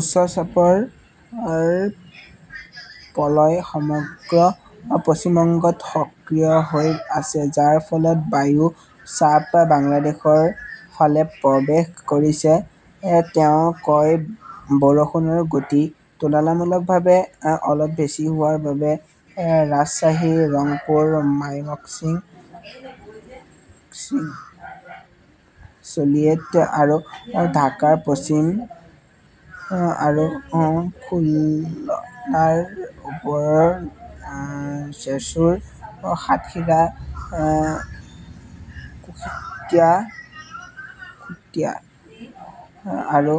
উচ্চ চাপৰ প্ৰলয় সমগ্ৰ পশ্চিম বংগত সক্ৰিয় হৈ আছে, যাৰ ফলত বায়ু চাপ বাংলাদেশৰ ফালে প্ৰৱেশ কৰিছে। তেওঁ কয় বৰষুণৰ গতি তুলনামূলকভাৱে অলপ বেছি হোৱাৰ বাবে ৰাজশ্বাহী, ৰংপুৰ, মাইমশ্বিং, চিলিয়েট আৰু ঢাকাৰ পশ্চিম আৰু খুলনাৰ ওপৰৰ জেছুৰ, সাতখিৰা, কুশ্তিয়া আৰু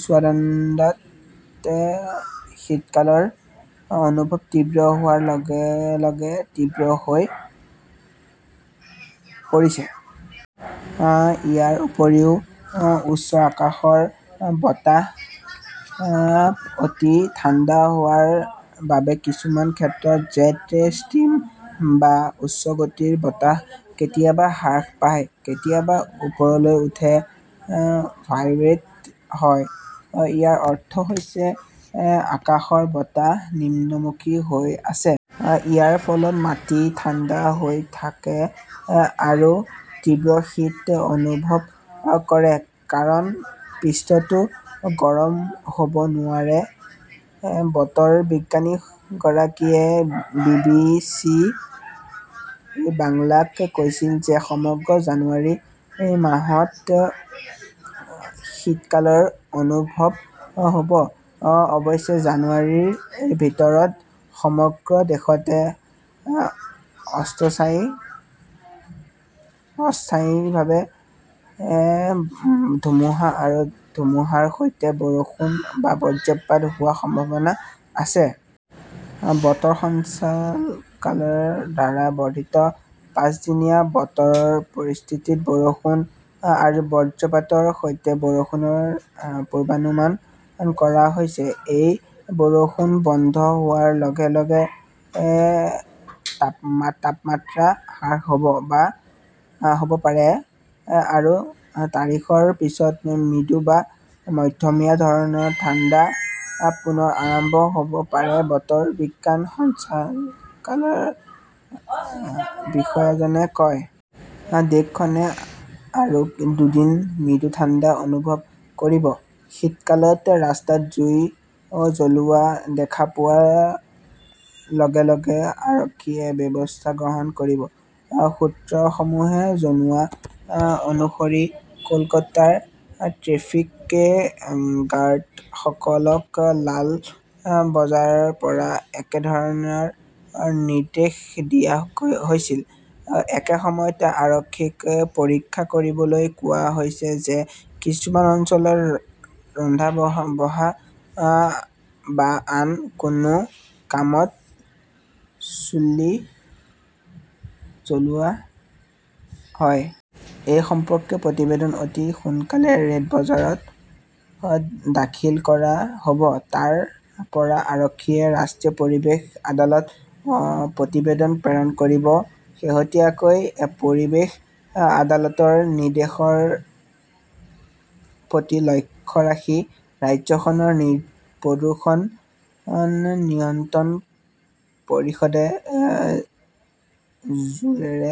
চুৱাডাঙ্গাত শীতকালৰ অনুভৱ তীব্ৰ হোৱাৰ লগে লগে তীব্ৰ হৈ পৰিছে। ইয়াৰ উপৰিও উচ্চ আকাশৰ বতাহ অতি ঠাণ্ডা হোৱাৰ বাবে কিছুমান ক্ষেত্ৰত 'জেড ষ্ট্ৰীম বা উচ্চ গতিৰ বতাহ কেতিয়াবা হ্ৰাস পায়, কেতিয়াবা ওপৰলৈ উঠে, ভাইব্ৰেট হয়। ইয়াৰ অৰ্থ হৈছে ওপৰৰ আকাশৰ বতাহ নিম্নমুখী হৈ আছে। ইয়াৰ ফলত মাটি ঠাণ্ডা হৈ থাকে আৰু তীব্ৰ শীত অনুভৱ কৰে কাৰণ পৃষ্ঠটো গৰম হ'ব নোৱাৰে। বতৰ বিজ্ঞানীগৰাকীয়ে বি. বি. চি. বাংলাক কৈছিল যে, সমগ্ৰ জানুৱাৰী মাহত শীতকালৰ অনুভৱ হ'ব। অৱশ্যে, জানুৱাৰীৰ ভিতৰত সমগ্ৰ দেশতে অস্থায়ীভাৱে ধুমুহা আৰু ধুমুহাৰ সৈতে বৰষুণ বা বজ্ৰপাত হোৱাৰ সম্ভাৱনা আছে। বতৰ সঞ্চালকালয়ৰ দ্বাৰা বৰ্ধিত পাঁচদিনীয়া বতৰৰ পৰিস্থিতিত বৰষুণ আৰু বজ্ৰপাতৰ সৈতে বৰষুণৰ পূৰ্বানুমান কৰা হৈছে। এই বৰষুণ বন্ধ হোৱাৰ লগে লগে তাপমাত্ৰা হ্ৰাস হ'ব পাৰে আৰু তাৰিখৰ পিছত মৃদু বা মধ্যমীয়া ধৰণৰ ঠাণ্ডা পুনৰ আৰম্ভ হ'ব পাৰে, বতৰ বিজ্ঞান সঞ্চালকালয়ৰ বিষয়াজনে কয়। দেশখনে আৰু দুদিন মৃদু ঠাণ্ডা অনুভৱ কৰিব। শীতকালত ৰাস্তাত জুই জ্বলোৱা দেখা পোৱাৰ লগে লগে আৰক্ষীয়ে ব্যৱস্থা গ্ৰহণ কৰিব। সূত্ৰসমূহে জনোৱা অনুসৰি কলকাতাৰ ট্ৰেফিক গাৰ্ডসকলক লাল বজাৰৰ পৰা একেধৰণৰ নিৰ্দেশ দিয়া হৈছিল। একে সময়তে, আৰক্ষীক পৰীক্ষা কৰিবলৈ কোৱা হৈছে যে কিছুমান অঞ্চলত ৰন্ধা-বঢ়া বা আন কোনো কামত চুল্লী জ্বলোৱা হয়। এই সম্পৰ্কীয় প্ৰতিবেদন অতি সোনকালেই ৰেড বজাৰত দাখিল কৰা হ'ব। তাৰ পৰা আৰক্ষীয়ে ৰাষ্ট্ৰীয় পৰিৱেশ আদালতত প্ৰতিবেদন প্ৰেৰণ কৰিব। শেহতীয়াকৈ, পৰিৱেশ আদালতৰ নিৰ্দেশৰ প্ৰতি লক্ষ্য ৰাখি ৰাজ্যখনৰ প্ৰদূষণ নিয়ন্ত্ৰণ পৰিষদে জোৰেৰে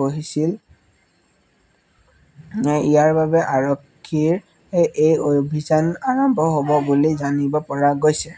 বহিছিল। ইয়াৰ বাবেই আৰক্ষীৰ এই অভিযান আৰম্ভ হ'ব বুলি জানিব পৰা গৈছে।